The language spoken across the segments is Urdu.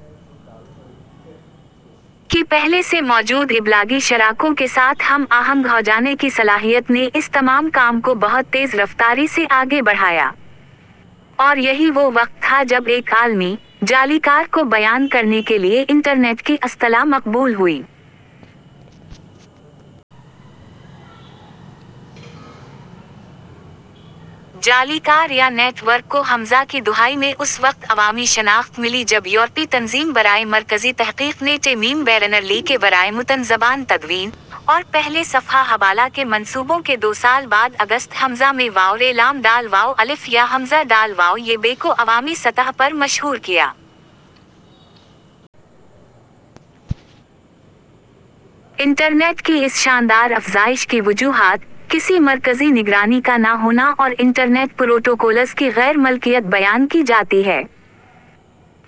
/ کی پہلے سے موجود ابلاغی شراکوں کے ساتھ ہم آہنگ ہوجانے کی صلاحیت نے اس تمام کام کو بہت تیز رفتاری سے آگے بڑھایا۔ اور یہی وہ وقت تھا جب ایک عالمی / جالِکار کو بیان کرنے کے لیے انٹرنیٹ کی اصطلاح مقبول ہوئی۔ جالِکار یا نیٹ ورک کو ء کی دہائی میں اس وقت عوامی شناخت ملی جب یورپی تنظیم برائے مرکزی تحقیق نے ٹـم بیرنر لی کے ورائےمتن زبان تدوین ، اور پہلے صفحہ حبالہ کے منصوبوں کے دو سال بعد اگست ء میں ورلـڈ وائـڈ ویـب کو عوامی سطح پر مشہور کیا۔ انٹرنیٹ کی اس شاندار افزائش کی وجوہات، کسی مرکزی نگرانی کا نہ ہونا اور انٹرنیٹ پروٹوکولز کی غیر ملکیت بیان کی جاتی ہے۔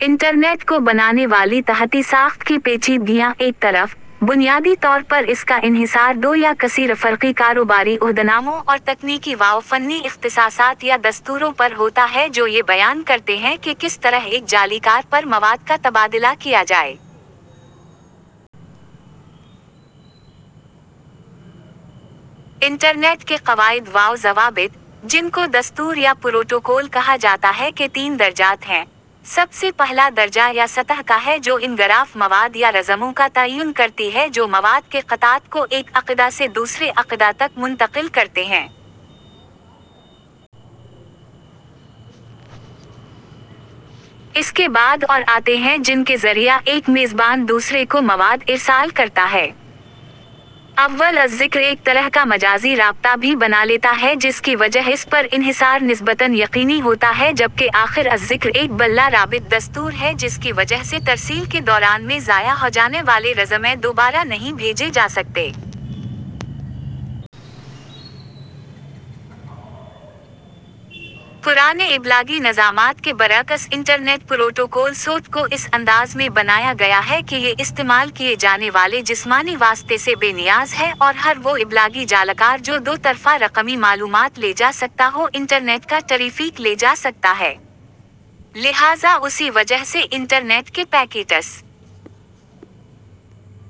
انٹرنیٹ کو بنانے والی تحتی ساخت کی پیچیدگیاں ایک طرف، بنیادی طور پر اِس کا انحصار دو یا کثیرفرقی کاروباری عہدناموں اور تکنیکی و فنی اختصاصات یا دستوروں پر ہوتا ہے جو یہ بیان کرتے ہیں کہ کس طرح ایک جالِکار پر مواد کا تبادلہ کیا جائے۔ انٹرنیٹ کے قواعد و ضوابط، جن کو دستور یا پروٹوکول کہا جاتا ہے کے تین درجات ہیں: سب سے پہلا درجہ یا سطح کا ہے جو ان گراف مواد یا رزموں کا تعین کرتی ہے جو مواد کے قطعات کو ایک عقدہ سے دوسرے عقدہ تک منتقل کرتے ہیں۔ اس کے بعد اور آتے ہیں جن کے ذریعہ ایک میزبان دوسرے کو مواد ارسال کرتا ہے۔ اول الذکر ایک طرح کا مجازی رابطہ بھی بنالیتا ہے جس کی وجہ اس پر انحصار نسبتاً یقینی ہوتا ہے جبکہ آخر الذکر ایک بلا رابط دستور ہے جس کی وجہ سے ترسیل کے دوران میں ضائع ہوجانے والے رزمے دوبارہ نہیں بھیجے جا سکتے۔ پرانے ابلاغی نظامات کے برعکس انٹرنیٹ پروٹوکول سوٹ کو اس انداز میں بنایا گیا ہے کہ یہ استعمال کیے جانے والے جسمانی واسطے سے بے نیاز ہے اور ہر وہ ابلاغی جالکار جو دو طرفہ رقمی معلومات لے جا سکتا ہو انٹرنیٹ کا ٹریفیک لے جا سکتا ہے۔ لہذا اسی وجہ سے انٹرنیٹ کے پیکیٹس ؛